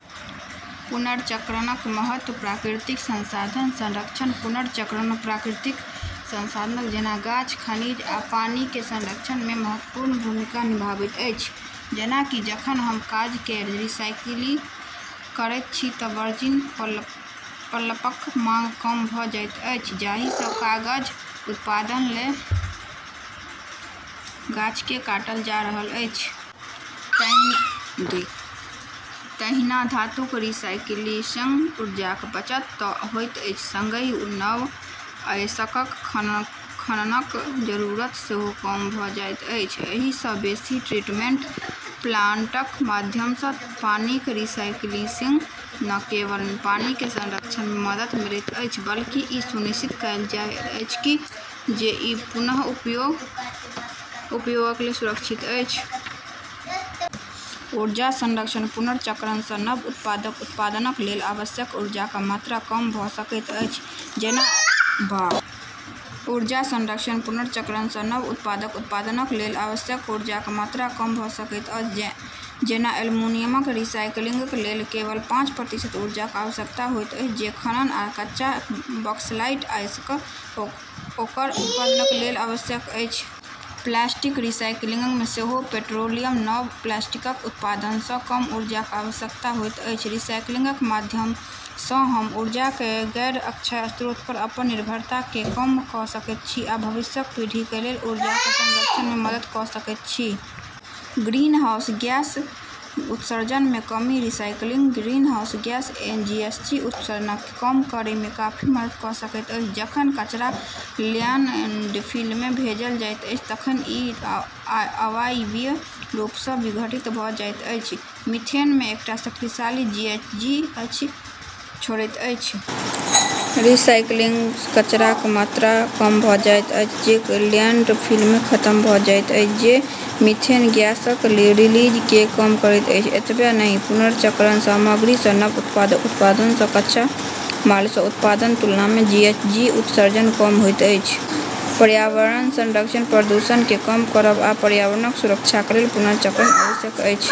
पुनर्चक्रणक महत्व प्राकृतिक संसाधनक संरक्षण पुनर्चक्रण प्राकृतिक संसाधनक जेना गाछ, खनिज, आ पानीक संरक्षणमे महत्वपूर्ण भूमिका निभाबैत अछि। जेना कि जखन हम कागजकेँ रिसाइकिल करैत छी तँ वर्जिन पल्पक माँग कम भऽ जाइत अछि, जाहिसँ कागज उत्पादनक लेल गाछकेँ काटल जा रहल अछि। तहिना धातुक रिसाइकिलिङ्गसँ ऊर्जाक बचत तँ होइत अछि सँगही नव अयस्कक खननक जरूरत सेहो कम भऽ जाइत अछि। एहिसँ बेसी, ट्रीटमेन्ट प्लाण्टक माध्यमसँ पानीक रिसाइकिलिङ्गसँ न केवल पानीक संरक्षणमे मदद मिलैत अछि बल्कि ई सुनिश्चित कएल जाइत अछि जे ई पुनः उपयोगक लेल सुरक्षित अछि। ऊर्जा संरक्षण पुनर्चक्रणसँ नव उत्पादक उत्पादनक लेल आवश्यक ऊर्जाक मात्रा कम भऽ सकैत अछि। जेना एल्युमीनियमक रिसाइकिलिङ्गक लेल केवल पाँच प्रतिशत ऊर्जाक आवश्यकता होइत अछि जे खनन आ कच्चा बक्सलाइट अयस्कसँ ओकर उत्पादनक लेल आवश्यक अछि। प्लास्टिकक रिसाइकिलिङ्गमे सेहो पेट्रोलियमसँ नव प्लास्टिकक उत्पादनसँ कम ऊर्जाक आवश्यकता होइत अछि। रिसाइकिलिङ्गक माध्यमसँ हम ऊर्जाक गैर-अक्षय स्रोतपर अपन निर्भरताकेँ कम कऽ सकैत छी आ भविष्यक पीढ़ीक लेल ऊर्जाक संरक्षणमे मदद कऽ सकैत छी। ग्रीनहाउस ग्यास उत्सर्जनमे कमी रिसाइकिलिङ्ग ग्रीनहाउस ग्यास (जीएचजी) उत्सर्जनकेँ कम करैमे काफी मदद कऽ सकैत अछि। जखन कचरा ल्याण्डफिलमे भेजल जाइत अछि तखन ई अवायवीय रूपसँ विघटित भऽ जाइत अछि, जे मीथेन, जे एकटा शक्तिशाली जीएचजी अछि, छोड़ैत अछि। रिसाइकिलिङ्गसँ कचराक मात्रा कम भऽ जाइत अछि जे ल्याण्डफिलमे खतम भऽ जाइत अछि, जे मीथेन ग्यासक रिलीजकेँ कम करैत अछि। एतबे नहि, पुनर्चक्रण सामग्रीसँ नव उत्पादक उत्पादनसँ कच्चा मालसँ उत्पादनक तुलनामे जीएचजी उत्सर्जन कम होइत अछि। पर्यावरण संरक्षण प्रदूषणकेँ कम करब आ पर्यावरणक सुरक्षाक लेल पुनर्चक्रण आवश्यक अछि।